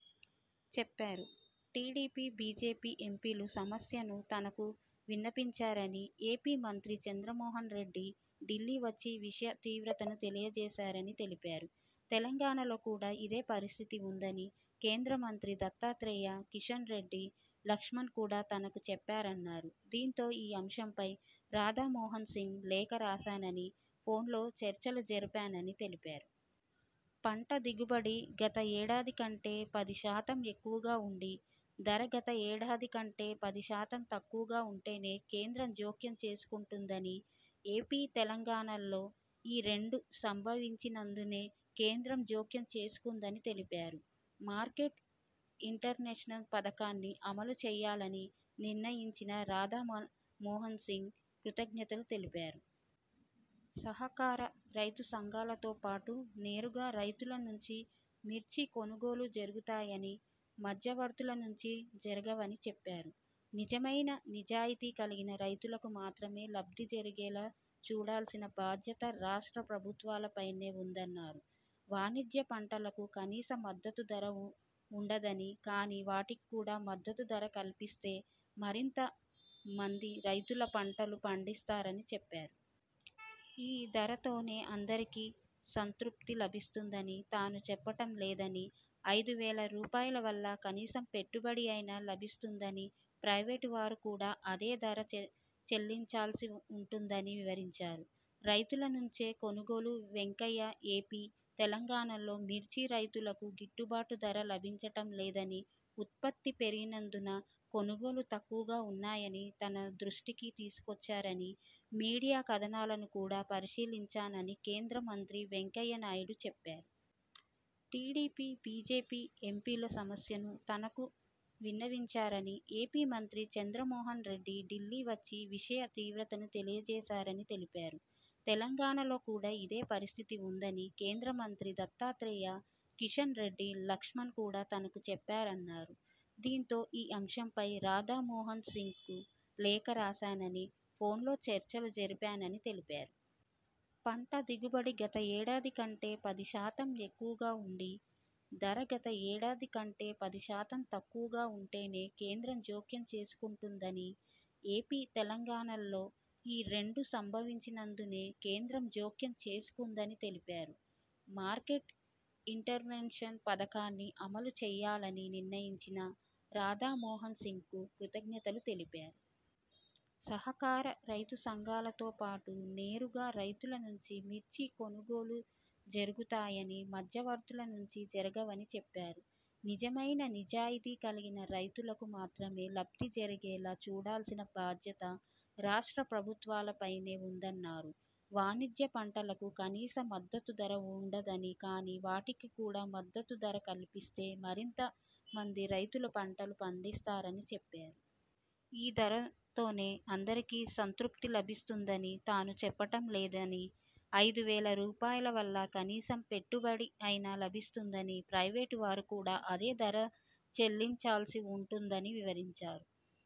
చెప్పారు. TDP, BJP ఎంపీలు సమస్యను తనకు విన్నవించారని, ఏపీ మంత్రి చంద్రమోహనరెడ్డి ఢిల్లీ వచ్చి విషయ తీవ్రతను తెలియజేశారని తెలిపారు. తెలంగాణలో కూడా ఇదే పరిస్థితి ఉందని కేంద్రమంత్రి దత్తాత్రేయ, కిషన్ రెడ్డి, లక్ష్మణ్ కూడా తనకు చెప్పారన్నారు. దీంతో ఈ అంశంపై రాధామోహనసింగ్ లేఖ రాశానని, ఫోన్లో చర్చలు జరిపానని తెలిపారు. పంట దిగుబడి గత ఏడాది కంటే పదిశాతం ఎక్కువగా ఉండి, ధర గత ఏడాది కంటే పదిశాతం తక్కువగా ఉంటేనే కేంద్రం జోక్యం చేసుకుంటుందని, ఏపీ, తెలంగాణల్లో ఈ రెండూ సంభవించినందునే కేంద్రం జోక్యం చేసుకుందని తెలిపారు. మార్కెట్ ఇంటర్నేషనల్ పథకాన్ని అమలు చెయ్యాలని నిర్ణయించిన రాధామొ రాధామోహనసింగ్ కృతజ్ఞతలు తెలిపారు. సహకార, రైతుసంఘాలతోపాటు నేరుగా రైతుల నుంచి మిర్చి కొనుగోళు జరుగుతాయని, మధ్యవర్తుల నుంచి జరగవని చెప్పారు. నిజమైన, నిజాయితీ కలిగిన రైతులకు మాత్రమే లబ్ధి జరిగేలా చూడాల్సిన బాధ్యత రాష్ట్ర ప్రభుత్వాలపైనే ఉందన్నారు. వాణిజ్య పంటలకు కనీస మద్దతు ధర ఉ ఉండదని, కానీ, వాటికి కూడా మద్దతు ధర కల్పిస్తే మరింత మంది రైతుల పంటలు పండిస్తారని చెప్పారు. ఈ ధరతోనే అందరికీ సంతృప్తి లభిస్తుందని తాను చెప్పటం లేదని, ఐదు వేల రూపాయల వల్ల కనీసం పెట్టుబడి అయినా లభిస్తుందని, ప్రైవేటు వారు కూడా అదే ధర చెల్ చెల్లించాల్సి ఉంటుందని వివరించారు. రైతుల నుంచే కొనుగోళు వెంకయ్య ఏపీ, తెలంగాణలో మిర్చి రైతులకు గిట్టుబాటు ధర లభించటం లేదని, ఉత్పత్తి పెరిగినందున కొనుగోళు తక్కువగా ఉన్నాయని తన దృష్టికి తీసుకొచ్చారని, మీడియా కథనాలను కూడా పరిశీలించానని కేంద్ర మంత్రి వెంకయ్యనాయుడు చెప్పారు. టీడీపీ, బీజేపీ ఎంపీలు సమస్యను తనకు విన్నవించారని, ఏపీ మంత్రి చంద్రమోహన్ రెడ్డి ఢిల్లీ వచ్చి విషయ తీవ్రతను తెలియజేశారని తెలిపారు. తెలంగాణలో కూడా ఇదే పరిస్థితి ఉందని కేంద్రమంత్రి దత్తాత్రేయ, కిషన్ రెడ్డి, లక్ష్మణ్ కూడా తనకు చెప్పారన్నారు. దీంతో ఈ అంశంపై రాధామోహన్ సింగ్కు లేఖ రాశానని, ఫోన్లో చర్చలు జరిపానని తెలిపారు. పంట దిగుబడి గత ఏడాది కంటే పదిశాతం ఎక్కువగా ఉండి, ధర గత ఏడాది కంటే పదిశాతం తక్కువగా ఉంటేనే కేంద్రం జోక్యం చేసుకుంటుందని, ఏపీ, తెలంగాణల్లో ఈ రెండూ సంభవించినందునే కేంద్రం జోక్యం చేసుకుందని తెలిపారు. మార్కెట్ ఇంటర్మెషణ్ పథకాన్ని అమలు చేయాలని నిర్ణయించిన రాధామోహనసింగ్కు కృతజ్ఞతలు తెలిపారు. సహకార, రైతుసంఘాలతోపాటు నేరుగా రైతుల నుంచి మిర్చి కొనుగోళు జరుగుతాయని, మధ్యవర్తుల నుంచి జరగవని చెప్పారు. నిజమైన, నిజాయితీ కలిగిన రైతులకు మాత్రమే లబ్ధి జరిగేలా చూడాల్సిన బాధ్యత రాష్ట్ర ప్రభుత్వాలపైనే ఉందన్నారు. వాణిజ్య పంటలకు కనీస మద్దతు ధర ఉండదని, కానీ, వాటికి కూడా మద్దతు ధర కల్పిస్తే మరింత మంది రైతులు పంటలు పండిస్తారని చెప్పారు. ఈ ధరతోనే అందరికీ సంతృప్తి లభిస్తుందని తాను చెప్పటం లేదని, ఐదు వేల రూపాయలు వల్ల కనీసం పెట్టుబడి అయినా లభిస్తుందని, ప్రైవేటు వారు కూడా అదే ధర చెల్లించాల్సి ఉంటుందని వివరించారు.